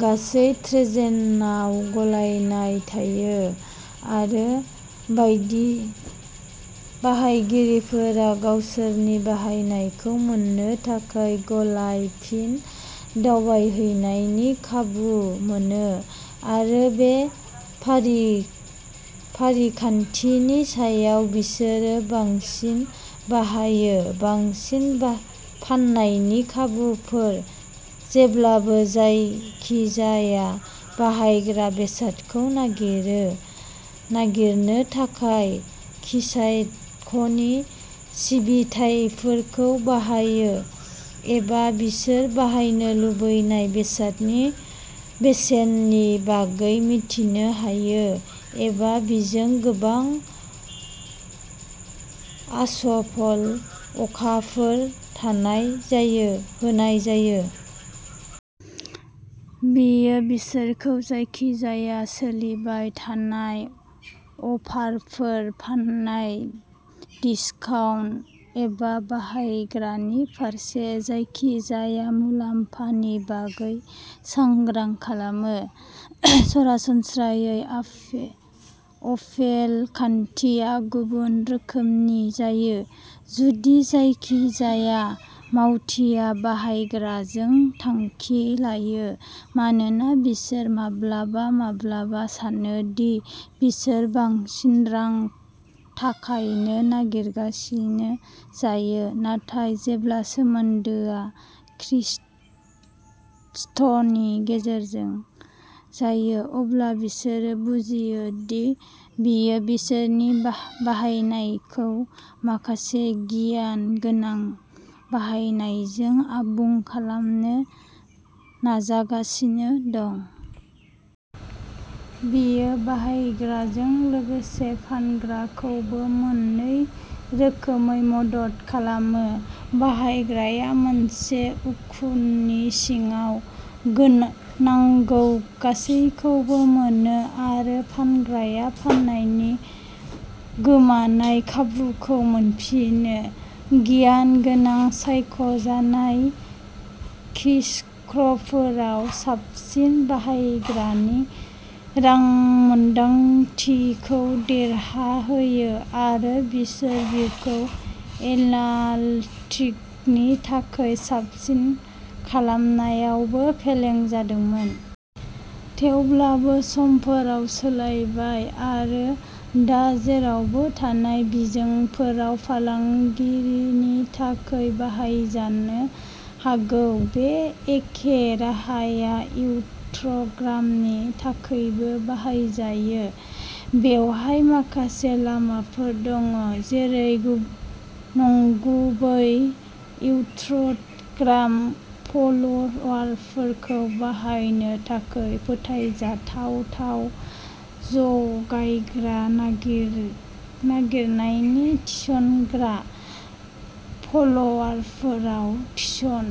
गासै ट्रेन्जेनाव गलायाव थायो आरो बायदि बायगिरिफोरा गावसोरनि बाहायनायखौ मोननो थाखाय गलायथि दावबायहैनायनि खाबु मोनो आरो बे फारिखान्थिनि समाव बिसोरो बांसिन बाययो। बांसिन बा-फाननायनि खाबुफोर-जेब्लानो जायखिजाया बाहायग्रा बेसादखौ नागिरो नागिरनो थाखाय कियस्कनि सिबिथाइफोरखौ बाहायो एबा बिसोर बाहायनो लुबैनाय बेसादनि बेसेननि बागै मिथिनो हायो अब्ला बेजों गोबां आपसेल अखाफोर थानाय जायो होनाय जायो। बेयो बिसोरखौ जायखिजाया सोलिबाय थानाय अफारफोर, फान्नाय, दिसकाउन्ट एबा बाहायग्रानि फारसे जायखिजाया मुलाम्फानि बागै सांग्रां खालामो। सरासनस्रायै आपेल आपसेल खान्थिया गुबुन रोखोमनि जायो, जुदि जायखिजाया मावथिआ बाहायग्राजों थांखि लायो, मानोना बिसोर माब्लाबा-माब्लाबा सानो दि बिसोरो बांसिन रां थाखायनो नारगिरजायो, नाथाय जेब्ला सोमोन्दोआ कियस्कनि गेजेरजों जायो, अब्ला बिसोरो बुजियो दि बेयो बिसोरनि बा-बायनायखौ माखासे गियान गोनां बायनायजों आबुं खालामनो नाजागासिनो दं। बेयो बाहायग्राजों लोगोसे फानग्राखौबो मोन्नै रोखोमै मदद खालामो। बाहायग्राया मोनसे उखुमनि सिङाव गोनां नांगौ गासैबो मोनो आरो फानग्राया फान्नायनि गोमानाय खाबुखौ मोनफिनो। गियान गोनां सायख'जानाय कियस्कफोरा साबसिन बाहायग्रानि रांमोनदांथिखौ देरहायो आरो। बिसोर बेखौ एनालाइटिक्सनि थाखाय साबसिन खालामनायावबो फेलें जादोंमोन। थेवब्लाबो, समफोरा सोलायबाय, आरो दा जेरावबो थानाय बिजोंफोरा फालांगिरिनि थाखाय बाहायजानो हागौ, बे एखे राहाया इउथ्रग्रामनि थाखायबो बाहायजायो। बेवहाय माखासे लामाफोर दङ, जेरै नों-नंगुबै इउथ्रग्राम फलोअरफोरखौ बायनो थाखाय फोथायजाथाव जगायग्रा नागिर नागिरनायनि। थिसनग्रा फलोअरफोराव थिसन।